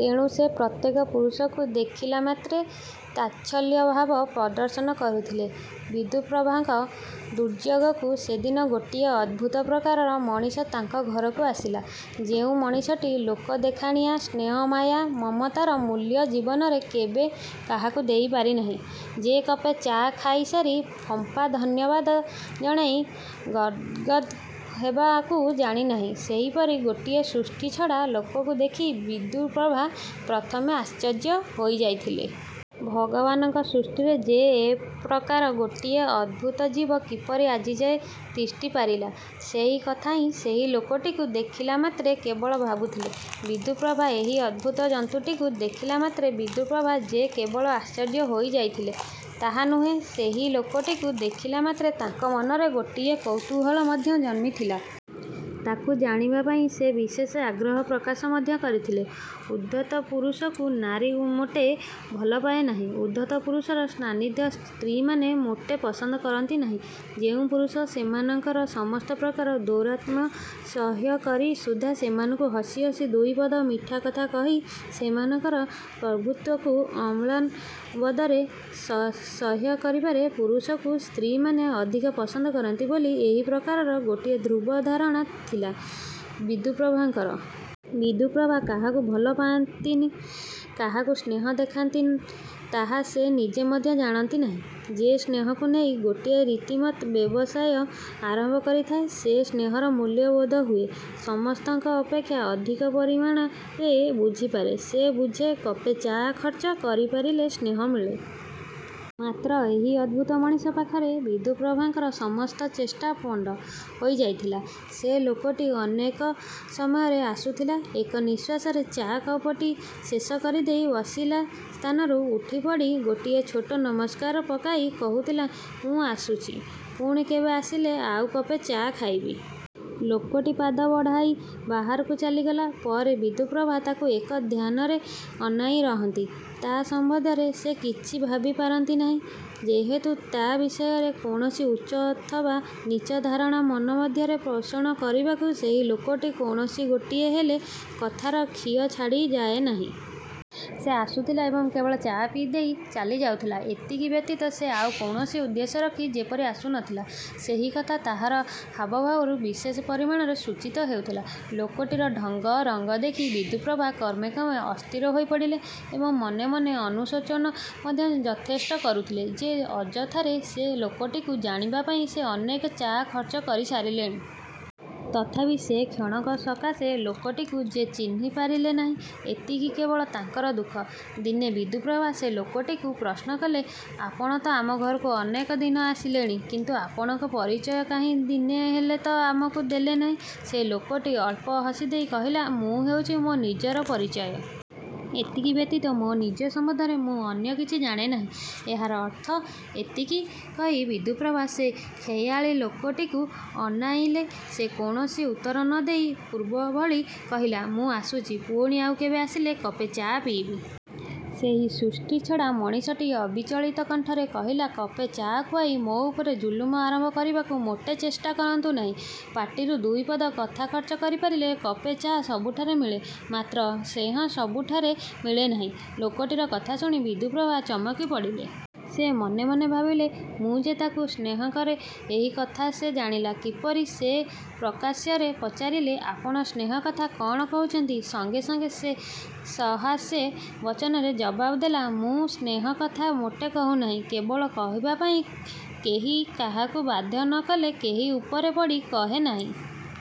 ତେଣୁ ସେ ପ୍ରତ୍ୟେକ ପୁରୁଷକୁ ଦେଖିଲାମାତ୍ରେ ତାଚ୍ଛଲ୍ୟଭାବ ପ୍ରଦର୍ଶନ କରୁଥିଲେ। ବିଦ୍ୟୁପ୍ରଭାଙ୍କ ଦୁର୍ଯ୍ୟୋଗକୁ ସେଦିନ ଗୋଟିଏ ଅଦ୍ଭୁତ ପ୍ରକାରର ମଣିଷ ତାଙ୍କ ଘରକୁ ଆସିଲା। ଯେଉଁ ମଣିଷଟି ଲୋକଦେଖାଣିଆ ସ୍ନେହ, ମାୟା, ମମତାର ମୂଲ୍ୟ ଜୀବନରେ କେବେ କାହାକୁ ଦେଇ ପାରିନାହିଁ, ଯେ କପେ ଚା' ଖାଇସାରି ଫମ୍ପା ଧନ୍ୟବାଦ ଜଣାଇ ଗଦ୍ଗଦ୍ ହେବାକୁ ଜାଣିନାହିଁ ସେହିପରି ଗୋଟିଏ ସୃଷ୍ଟିଛଡ଼ା ଲୋକକୁ ଦେଖି ବିଦ୍ୟୁପ୍ରଭା ପ୍ରଥମେ ଆଶ୍ଚର୍ଯ୍ୟ ହୋଇଯାଇଥିଲେ। ଭଗବାନଙ୍କ ସୃଷ୍ଟିରେ ଯେ ଏପ୍ରକାର ଗୋଟିଏ ଅଦ୍ଭୁତଜୀବ କିପରି ଆଜିଯାଏ ତିଷ୍ଠିପାରିଲା ସେହି କଥା ହିଁ ସେହି ଲୋକଟିକୁ ଦେଖିଲାମାତ୍ରେ କେବଳ ଭାବୁଥିଲେ ବିଦ୍ୟୁପ୍ରଭା। ଏହି ଅଦ୍ଭୁତ ଜନ୍ତୁଟିକୁ ଦେଖିଲା ମାତ୍ରେ ବୁଦ୍ୟୁପ୍ରଭା ଯେ କେବଳ ଆଶ୍ଚର୍ଯ୍ୟ ହୋଇଯାଇଥିଲେ ତାହା ନୁହେଁ। ସେହି ଲୋକଟିକୁ ଦେଖିଲାମାତ୍ରେ ତାଙ୍କ ମନରେ ଗୋଟିଏ କୌତୂହଳ ମଧ୍ୟ ଜନ୍ମିଥିଲା। ତାକୁ ଜାଣିବା ପାଇଁ ସେ ବିଶେଷ ଆଗ୍ରହ ପ୍ରକାଶ ମଧ୍ୟ କରିଥିଲେ। ଉଦ୍ଧତ ପୁରୁଷକୁ ନାରୀ ମୋଟେ ଭଲପାଏ ନାହିଁ। ଉଦ୍ଧତ ପୁରୁଷର ସାନ୍ନିଧ୍ୟ ସ୍ତ୍ରୀମାନେ ମୋଟେ ପସନ୍ଦ କରନ୍ତି ନାହିଁ। ଯେଉଁ ପୁରୁଷ ସେମାନଙ୍କର ସମସ୍ତ ପ୍ରକାର ଦୌରାତ୍ମ୍ୟ ସହ୍ୟକରି ସୁଦ୍ଧା ସେମାନଙ୍କୁ ହସି ହସି ଦୁଇପଦ ମିଠାକଥା କହି ସେମାନଙ୍କର ପ୍ରଭୃତ୍ୱକୁ ଅମ୍ଳାନ ବଦନରେ ସହ୍ୟ କରିପାରେ ପୁରୁଷକୁ ସ୍ତ୍ରୀମାନେ ଅଧିକ ପସନ୍ଦ କରନ୍ତି ବୋଲି ଏହି ପ୍ରକାରର ଗୋଟିଏ ଧ୍ରୁବ ଧାରଣା ଥିଲା ବିଦ୍ୟୁପ୍ରଭାଙ୍କର। ବିଦ୍ୟୁପ୍ରଭା କାହାକୁ ଭଲ ପାଆନ୍ତି, କାହାକୁ ସ୍ନେହ ଦେଖାନ୍ତି ତାହା ସେ ନିଜେ ମଧ୍ୟ ଜାଣନ୍ତି ନାହିଁ। ଯେ ସ୍ନେହକୁ ନେଇ ଗୋଟିଏ ରିତିମତ୍ ବ୍ୟବସାୟ ଆରମ୍ଭ କରିଥାଏ ସେ ସ୍ନେହର ମୂଲ୍ୟ ବୋଧହୁଏ ସମସ୍ତଙ୍କ ଅପେକ୍ଷା ଅଧିକ ପରିମାଣରେ ବୁଝିପାରେ। ସେ ବୁଝେ କପେ ଚା' ଖର୍ଚ୍ଚ କରିପାରିଲେ ସ୍ନେହ ମିଳେ। ମାତ୍ର ଏହି ଅଦ୍ଭୁତ ମଣିଷ ପାଖରେ ବିଦ୍ୟୁପ୍ରଭାଙ୍କର ସମସ୍ତ ଚେଷ୍ଟା ପଣ୍ଡ ହୋଇଯାଇଥିଲା। ସେ ଲୋକଟି ଅନେକ ସମୟରେ ଆସୁଥିଲା। ଏକ ନିଶ୍ୱାସରେ ଚା' କପଟି ଶେଷ କରିଦେଇ ବସିଲା ସ୍ଥାନରୁ ଉଠିପଡ଼ି ଗୋଟିଏ ଛୋଟ ନମସ୍କାର ପକାଇ କହୁଥିଲା, ''ମୁଁ ଆସୁଛି। ପୁଣି କେବେ ଆସିଲେ ଆଉ କପେ ଚା' ଖାଇବି। '' ଲୋକଟି ପାଦ ବଢ଼ାଇ ବାହାରକୁ ଚାଲିଗଲା ପରେ ବିଦ୍ୟୁପ୍ରଭା ତାକୁ ଏକ ଧ୍ୟାନରେ ଅନାଇରହନ୍ତି। ତା' ସମ୍ବନ୍ଧରେ ସେ କିଛି ଭାବିପାରନ୍ତି ନାହିଁ, ଯେହେତୁ ତା' ବିଷୟରେ କୌଣସି ଉଚ୍ଚ ଅଥବା ନୀଚ ଧାରଣା ମନ ମଧ୍ୟରେ ପୋଷଣ କରିବାକୁ ସେହି ଲୋକଟି କୌଣସି ଗୋଟିଏହେଲେ କଥାର ଖିଅ ଛାଡ଼ି ଯାଏନାହିଁ। ସେ ଆସୁଥିଲା ଏବଂ କେବଳ ଚା' ପିଇ ଦେଇ ଚାଲି ଯାଉଥିଲା। ଏତିକି ବ୍ୟତୀତ ସେ ଆଉ କୌଣସି ଉଦ୍ଦେଶ୍ୟ ରଖି ଯେପରି ଆସୁନଥିଲା ସେହିକଥା ତାହାର। ହାବଭାବରୁ ବିଶେଷ ପରିମାଣରେ ସୂଚିତ ହେଉଥିଲା। ଲୋକଟିର ଢଙ୍ଗ ରଙ୍ଗ ଦେଖି ବିଦ୍ୟୁପ୍ରଭା କ୍ରମେ କ୍ରମେ ଅସ୍ଥିର ହୋଇ ପଡ଼ିଲେ ଏବଂ ମନେମନେ ଅନୁଶୋଚନା ମଧ୍ୟ ଯଥେଷ୍ଟ କରୁଥିଲେ ଯେ ଅଯଥାରେ ସେ ଲୋକଟିକୁ ଜାଣିବା ପାଇଁ ସେ ଅନେକ ଚା' ଖର୍ଚ୍ଚ କରି ସାରିଲେଣି। ତଥାପି ସେ କ୍ଷଣକ ସକାଶେ ଲୋକଟିକୁ ଯେ ଚିହ୍ନି ପାରିଲେ ନାହିଁ। ଏତିକି କେବଳ ତାଙ୍କର ଦୁଃଖ। ଦିନେ ବିଦ୍ୟୁପ୍ରଭା ସେ ଲୋକଟିକୁ ପ୍ରଶ୍ନକଲେ, ''ଆପଣତ ଆମ ଘରକୁ ଅନେକଦିନ ଆସିଲେଣି କିନ୍ତୁ ଆପଣଙ୍କ ପରିଚୟ କାହିଁ ଦିନେ ହେଲେତ ଆମକୁ ଦେଲେନାହିଁ? '' ସେ ଲୋକଟି ଅଳ୍ପ ହସିଦେଇ କହିଲା, ''ମୁଁ ହେଉଛି ମୋ ନିଜର ପରିଚୟ। ଏତିକି ବ୍ୟତୀତ ମୋ ନିଜ ସମ୍ବନ୍ଧରେ ମୁଁ ଅନ୍ୟକିଛି ଜାଣେ ନାହିଁ। '' 'ଏହାର ଅର୍ଥ? ' ଏତିକି କହି ବିଦ୍ୟୁପ୍ରଭା ସେ ଖେୟାଲୀ ଲୋକଟିକୁ ଅନାଇଲେ। ସେ କୌଣସି ଉତ୍ତର ନ ଦେଇ ପୂର୍ବଭଳି କହିଲା, ''ମୁଁ ଆସୁଛି। ପୁଣି ଆଉ କେବେ ଆସିଲେ କପେ ଚା' ପିଇବି। '' ସେହି ସୃଷ୍ଟିଛଡ଼ା ମଣିଷଟି ଅବିଚଳିତ କଣ୍ଠରେ କହିଲା, ''କପେ ଚା' ଖୁଆଇ ମୋ ଉପରେ ଜୁଲୁମ ଆରମ୍ଭ କରିବାକୁ ମୋଟେ ଚେଷ୍ଟାକରନ୍ତୁ ନାହିଁ। ପାଟିରୁ ଦୁଇପଦ କଥା ଖର୍ଚ୍ଚ କରିପାରିଲେ କପେ ଚା' ସବୁଠାରେ ମିଳେ; ମାତ୍ର ସ୍ନେହ ସବୁଠାରେ ମିଳେନାହିଁ। '' ଲୋକଟିର କଥା ଶୁଣି ବିଦ୍ୟୁପ୍ରଭା ଚମକି ପଡ଼ିଲେ। ସେ ମନେମନେ ଭାବିଲେ ମୁଁ ଯେ ତାକୁ ସ୍ନେହକରେ ଏହି କଥା ସେ ଜାଣିଲା କିପରି? ସେ ପ୍ରକାଶ୍ୟରେ ପଚାରିଲେ, ''ଆପଣ ସ୍ନେହ କଥା କ'ଣ କହୁଛନ୍ତି? '' ସଙ୍ଗେ ସଙ୍ଗେ ସେ ସହାସ୍ୟ ବଚନରେ ଜବାବ୍ ଦେଲା, ''ମୁଁ ସ୍ନେହକଥା ମୋଟେ କହୁନାହିଁ। କେବଳ କହିବା ପାଇଁ କେହି କାହାକୁ ବାଧ୍ୟ ନ କଲେ କେହି ଉପରେ ପଡ଼ି କହେ ନାହିଁ-।